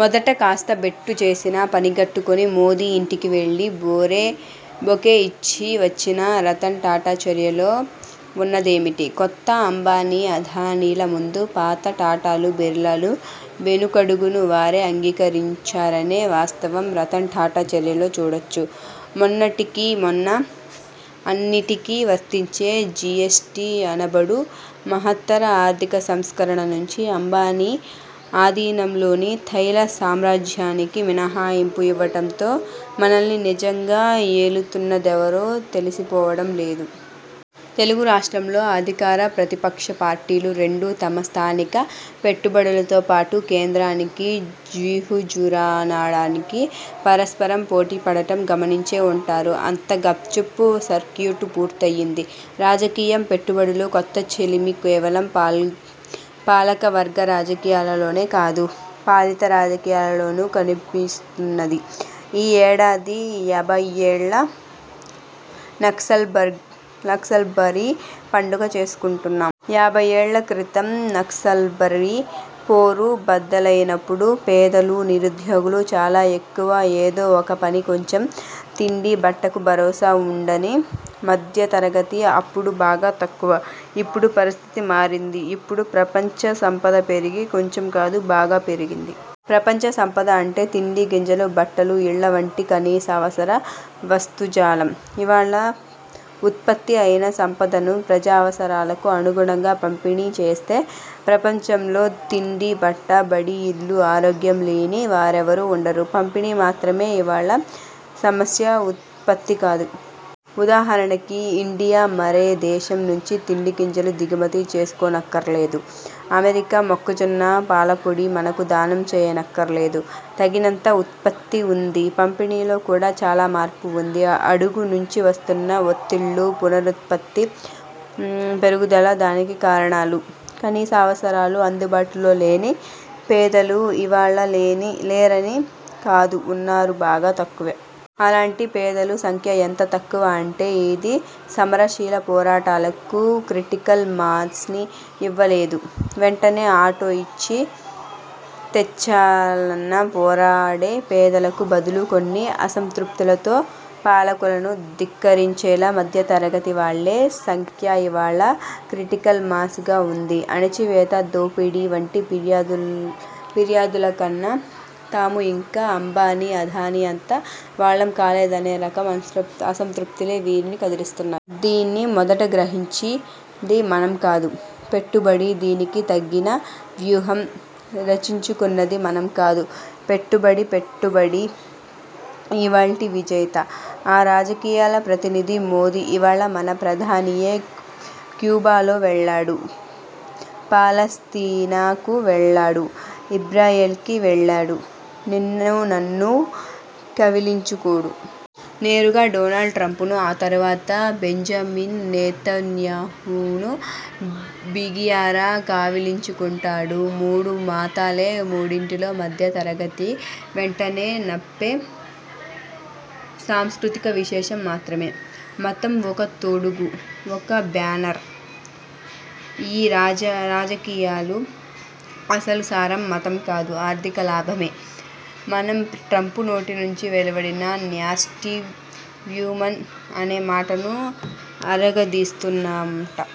మొదట కాస్త బెట్టు చేసినా, పనిగట్టుకుని మోదీ యింటికి వెళ్లి, బొకే యిచ్చి వచ్చిన రతన్ టాటా చర్యలో వున్నదేమిటి? కొత్త అంబానీ, అదానీల ముందు పాత టాటాలు బిర్లాల వెనుకడుగును వారే అంగీకరించారనే వాస్తవం రతన్ టాటా చర్యలో చూడొచ్చు. మొన్నటికి మొన్న అన్నిటికీ వర్తించే 'జీఎస్టీ' అనబడు మహత్తర ఆర్థిక సంస్కరణ నుంచి అంబానీ అధీనంలోని తైల సామ్రాజ్యానికి మినహాయింపు యివ్వడంతో మనల్ని నిజంగా యేలుతున్నదెవరో తెలిసిపోవడం లేదూ?! తెలుగు రాష్ట్రంలో అధికార, ప్రతిపక్ష పార్టీలు రెండూ తమ 'స్థానిక పెట్టుబడుల'తో పాటు కేంద్రానికి జీహుజూరనడానికి పరస్పరం పోటీపడడం గమనించే వుంటారు. అంతా గప్ చుప్. సర్క్యూట్ పూర్తయ్యింది. రాజకీయం, పెట్టుబడుల కొత్త చెలిమి కేవలం పాలకవర్గ రాజకీయాలలోనే కాదు. పాలిత రాజకీయాలలోనూ కనిపిస్తున్నది. యీ యేడాది యాభయ్యేళ్ల నక్సల్బరీ పండుగ చేసుకుంటున్నాం. యాభయ్యేళ్ల క్రితం నక్సల్బరీ పోరు బద్దలయినప్పుడు పేదలు, నిరుద్యోగులు చాలా యెక్కువ, యేదో వొక పని, కొంచెం తిండి బట్టకు భరోసా వుండని మధ్య తరగతి అప్పుడు బాగా తక్కువ. యిప్పుడు పరిస్థితి మారింది. యిప్పుడు ప్రపంచ సంపద పెరిగింది. కొంచెం కాదు. బాగా పెరిగింది. ప్రపంచ సంపద అంటే తిండి గింజలు, బట్టలు, యిళ్ల వంటి కనీసావసర వస్తుజాలం. యివాళ వుత్పత్తి అయిన సంపదను ప్రజావసరాలకు అనుగుణంగా పంపిణీ చేస్తే ప్రపంచంలో తిండి, బట్ట, బడి, యిల్లు, ఆరోగ్యం లేని వారెవరూ వుండరు. పంపిణీ మాత్రమే యివాళ సమస్య. వుత్పత్తి కాదు. వుదాహరణకి యిండియా మరే దేశం నుంచి తిండి గింజలు దిగుమతి చేసుకోనక్కర్లేదు. అమెరికా మొక్కజొన్న, పాలపొడి మనకు 'దానం' చెయ్యక్కర్లేదు. తగినంత వుత్పత్తి వుంది. పంపిణీలో కూడా చాలా మార్పు వుంది. అడుగు నుంచి వస్తున్న వొత్తిళ్లు, వుత్పత్తి పెరుగుదల దానికి కారణాలు. కనీసావసరాలు అందుబాటులో లేని పేదలు యివాళ లేరని కాదు, వున్నారు, బాగా తక్కువ. అలాంటి పేదల సంఖ్య యెంత తక్కువ అంటే యిది సమర శీల పోరాటాలకు క్రిటికల్ మాస్ని యివ్వలేదు. వెంటనే అటో యిటో తేల్చాలని పోరాడే పేదలకు బదులు కొన్ని అసంతృప్తులతో పాలకులను ధిక్కరించే మధ్యతరగతి వాళ్ల సంఖ్య యివాళ 'క్రిటికల్ మాస్'గా వుంది. ఆణిచివేత, దోపిడీ వంటి ఫిర్యాదులకన్న, తాము యింకా అంబానీ, అదానీ అంత వాళ్లం కాలేదనే రకం అసంతృప్తులే వీరిని కదిలిస్తున్నాయి. దీన్ని మొదట గ్రహించింది మనం కాదు. పెట్టుబడి. దీనికి తగిన వ్యూహం రచించుకున్నది మనం కాదు. పెట్టుబడి. పెట్టుబడి యివాల్టి విజేత. ఆ రాజకీయాల ప్రతినిధి మోదీ. యివాళ మన ప్రధాని యే క్యూబాకో వెళ్లడు. 'పాలస్తీనా'కు వెళ్లడు. యిజ్రాయెల్కే వెళ్తాడు. నిన్నూ నన్నూ కావిలించుకోడు. నేరుగా డొనాల్డ్ ట్రంపును, ఆ తరువాత బెంజమిన్ నెతన్యాహును బిగియార కావిలించుకుంటాడు. మూడూ మతాలే. మూడింటిలో మధ్య తరగతికి వెంటనే నప్పే సాంస్కృతిక విశేషం మతమే. మతం వొక తొడుగు. వొక బ్యానర్. యీ రాజకీయాల అసలు సారం మతం కాదు. ఆర్థిక 'లాభ'మే. మనం ట్రంపు నోటి నుంచి వెలువడిన 'న్యాస్టీ వుమన్' అనే మాటను అరగదీస్తుంటాం.